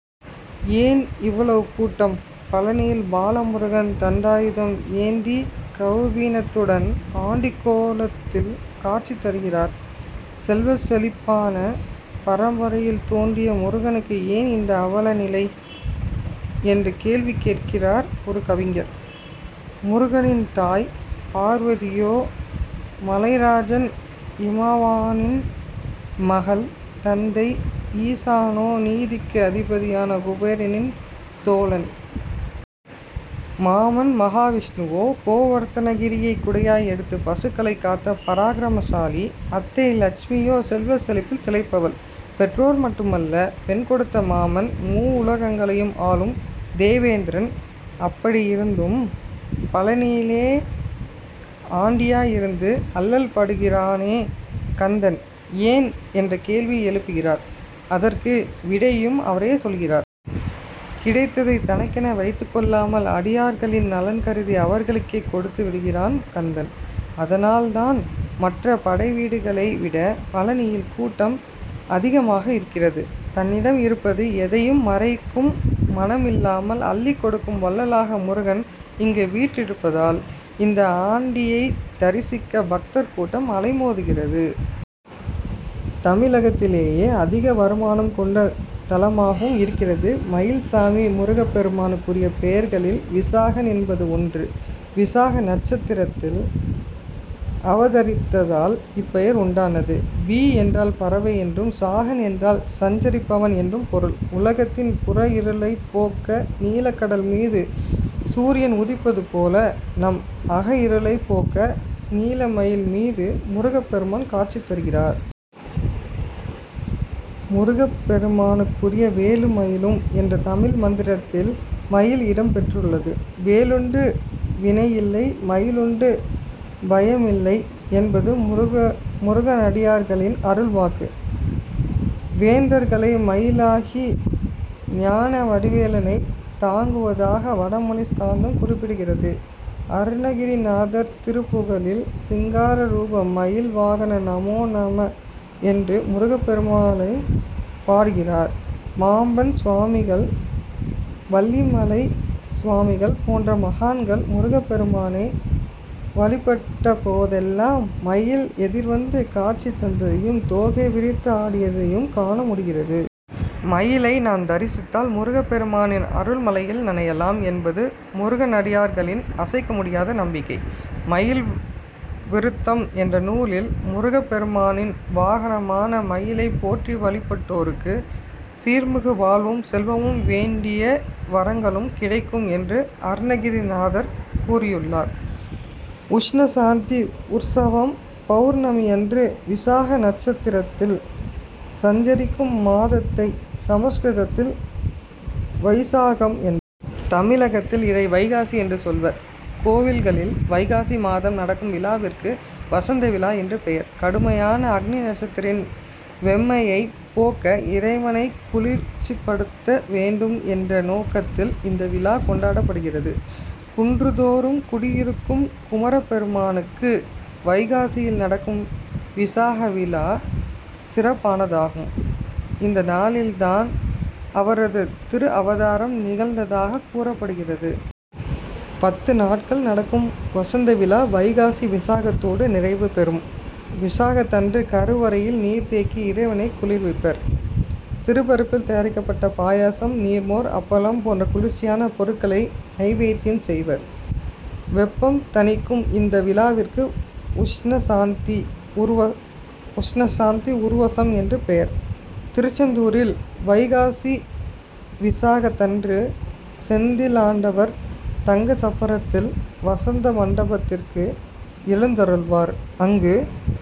ஏன் இவ்வளவு கூட்டம்? பழநியில் பாலமுருகன் தண்டாயுதம் ஏந்தி கவுபீனத்துடன் ஆண்டிக்கோலத்தில் காட்சி தருகிறார். செல்வச்செழிப்பான பரம்பரையில் தோன்றிய முருகனுக்கு ஏன் இந்த அவலநிலை என்று கேள்வி கேட்கிறார் ஒரு கவிஞர். முருகனின் தாய் பார்வதியோ மலைராஜன் இமவானின் மகள். தந்தை ஈசனோ நிதிக்கு அதிபதியான குபேரனின் தோழன். மாமன் மகாவிஷ்ணுவோ கோவர்த்தனகிரியை குடையாய் எடுத்து பசுக்களைக் காத்த பராக்கிரமசாலி. அத்தை லட்சுமியோ செல்வச் செழிப்பில் திளைப்பவள். பெற்றோர் மட்டுமல்ல. பெண் கொடுத்த மாமன் மூவுலகங்களையும் ஆளும் தேவேந்திரன். அப்படியிருந்தும் பழநியிலே ஆண்டியாய் இருந்து அல்லல்படுகிறானே கந்தன், ஏன் என்ற கேள்வி எழுப்புகிறார். அதற்கு விடையையும் அவரே சொல்கிறார். கிடைத்ததை தனக்கென வைத்துக் கொள்ளாமல் அடியார்களின் நலன் கருதி அவர்களுக்கே கொடுத்து விடுகிறான் கந்தன். அதனால் தான் மற்ற படைவீடுகளை விட பழநியில் கூட்டம் அதிகமாக இருக்கிறது. தன்னிடம் இருப்பது எதையும் மறைக்கும் மனமில்லாமல் அள்ளிக் கொடுக்கும் வள்ளலாக முருகன் இங்கு வீற்றிருப்பதால், இந்த ஆண்டியைத் தரிசிக்க பக்தர் கூட்டம் அலைமோதுகிறது. தமிழகத்திலேயே அதிக வருமானம் கொண்ட தலமாகவும் இருக்கிறது. மயில் சாமி முருகப்பெருமானுக்குரிய பெயர்களில் விசாகன் என்பதும் ஒன்று. விசாக நட்சத்திரத்தில் அவதரித்ததால் இப்பெயர் உண்டானது. வி என்றால் பறவை என்றும், சாகன் என்றால் சஞ்சரிப்பவன் என்றும் பொருள். உலகத்தின் புறஇருளைப் போக்க நீலக்கடல் மீது சூரியன் உதிப்பதுபோல, நம் அகஇருளைப் போக்க நீலமயில் மீது முருகப்பெருமான் காட்சி தருகிறார். முருகனுக்குரிய வேலுமயிலும் என்ற தமிழ் மந்திரத்தில் மயில் இடம்பெற்றுள்ளது. வேலுண்டு வினையில்லை! மயிலுண்டு பயமில்லை! என்பது முருகனடியார்களின் அருள்வாக்கு. வேதங்களே மயிலாகி ஞானவடிவேலனைத் தாங்குவதாக வடமொழி ஸ்காந்தம் குறிப்பிடுகிறது. அருணகிரிநாதர் திருப்புகழில் சிங்கார ரூப மயில் வாகன நமோ நம என்று முருகப்பெருமானைப் பாடுகிறார். பாம்பன் சுவாமிகள், வள்ளிமலை சுவாமிகள் போன்ற மகான்கள் முருகப்பெருமானை வழிபட்டபோதெல்லாம், மயில் எதிர்வந்து காட்சி தந்ததையும், தோகை விரித்தாடியதையும் காணமுடிகிறது. மயிலை நாம் தரிசித்தால் முருகப்பெருமானின் அருள்மழையில் நனையலாம் என்பது முருகனடியார்களின் அசைக்க முடியாத நம்பிக்கை. மயில் விருத்தம் என்ற நூலில் முருகப்பெருமானின் வாகனமான மயிலைப் போற்றி வழிபட்டோருக்கு சீர்மிகு வாழ்வும், செல்வமும், வேண்டிய வரங்களும் கிடைக்கும் என்று அருணகிரிநாதர் கூறியுள்ளார். உஷ்ணசாந்தி உற்சவம் பவுர்ணமியன்று விசாக நட்சத்திரத்தில் சஞ்சரிக்கும் மாதத்தை, சமஸ்கிருதத்தில் வைசாகம் என்பர். தமிழில் இதை வைகாசி என்று சொல்வர். கோயில்களில் வைகாசி மாதம் நடக்கும் விழாவிற்கு வசந்தவிழா என்று பெயர். கடுமையான அக்னிநட்சத்திரத்தின் வெம்மையைப் போக்க, இறைவனை குளிர்ச்சிப்படுத்த வேண்டும் என்ற நோக்கத்தில் இந்த விழா கொண்டாடப்படுகிறது. குன்றுதோறும் குடியிருக்கும் குமரப்பெருமானுக்கு வைகாசியில் நடக்கும் விசாகவிழா சிறப்பானதாகும். இந்தநாளில் தான் அவரது திருஅவதாரம் நிகழ்ந்ததாகக் கூறப்படுகிறது. பத்துநாட்கள் நடக்கும் வசந்தவிழா வைகாசி விசாகத்தோடு நிறைவுபெறும். விசாகத்தன்று, கருவறையில் நீர்தேக்கி இறைவனை குளிர்விப்பர். சிறுபருப்பில் தயாரிக்கப்பட்ட பாயாசம், நீர்மோர், அப்பம் போன்ற குளிர்ச்சியான பொருட்களை நைவேத்யம் செய்வர். வெப்பம் தணிக்கும் இந்த விழாவிற்கு உஷ்ணசாந்தி உற்சவம் என்று பெயர். திருச்செந்தூரில் வைகாசிவிசாகத்தன்று செந்திலாண்டவர் தங்கச்சப்பரத்தில் வசந்தமண்டபத்திற்கு எழுந்தருள்வார். அங்கு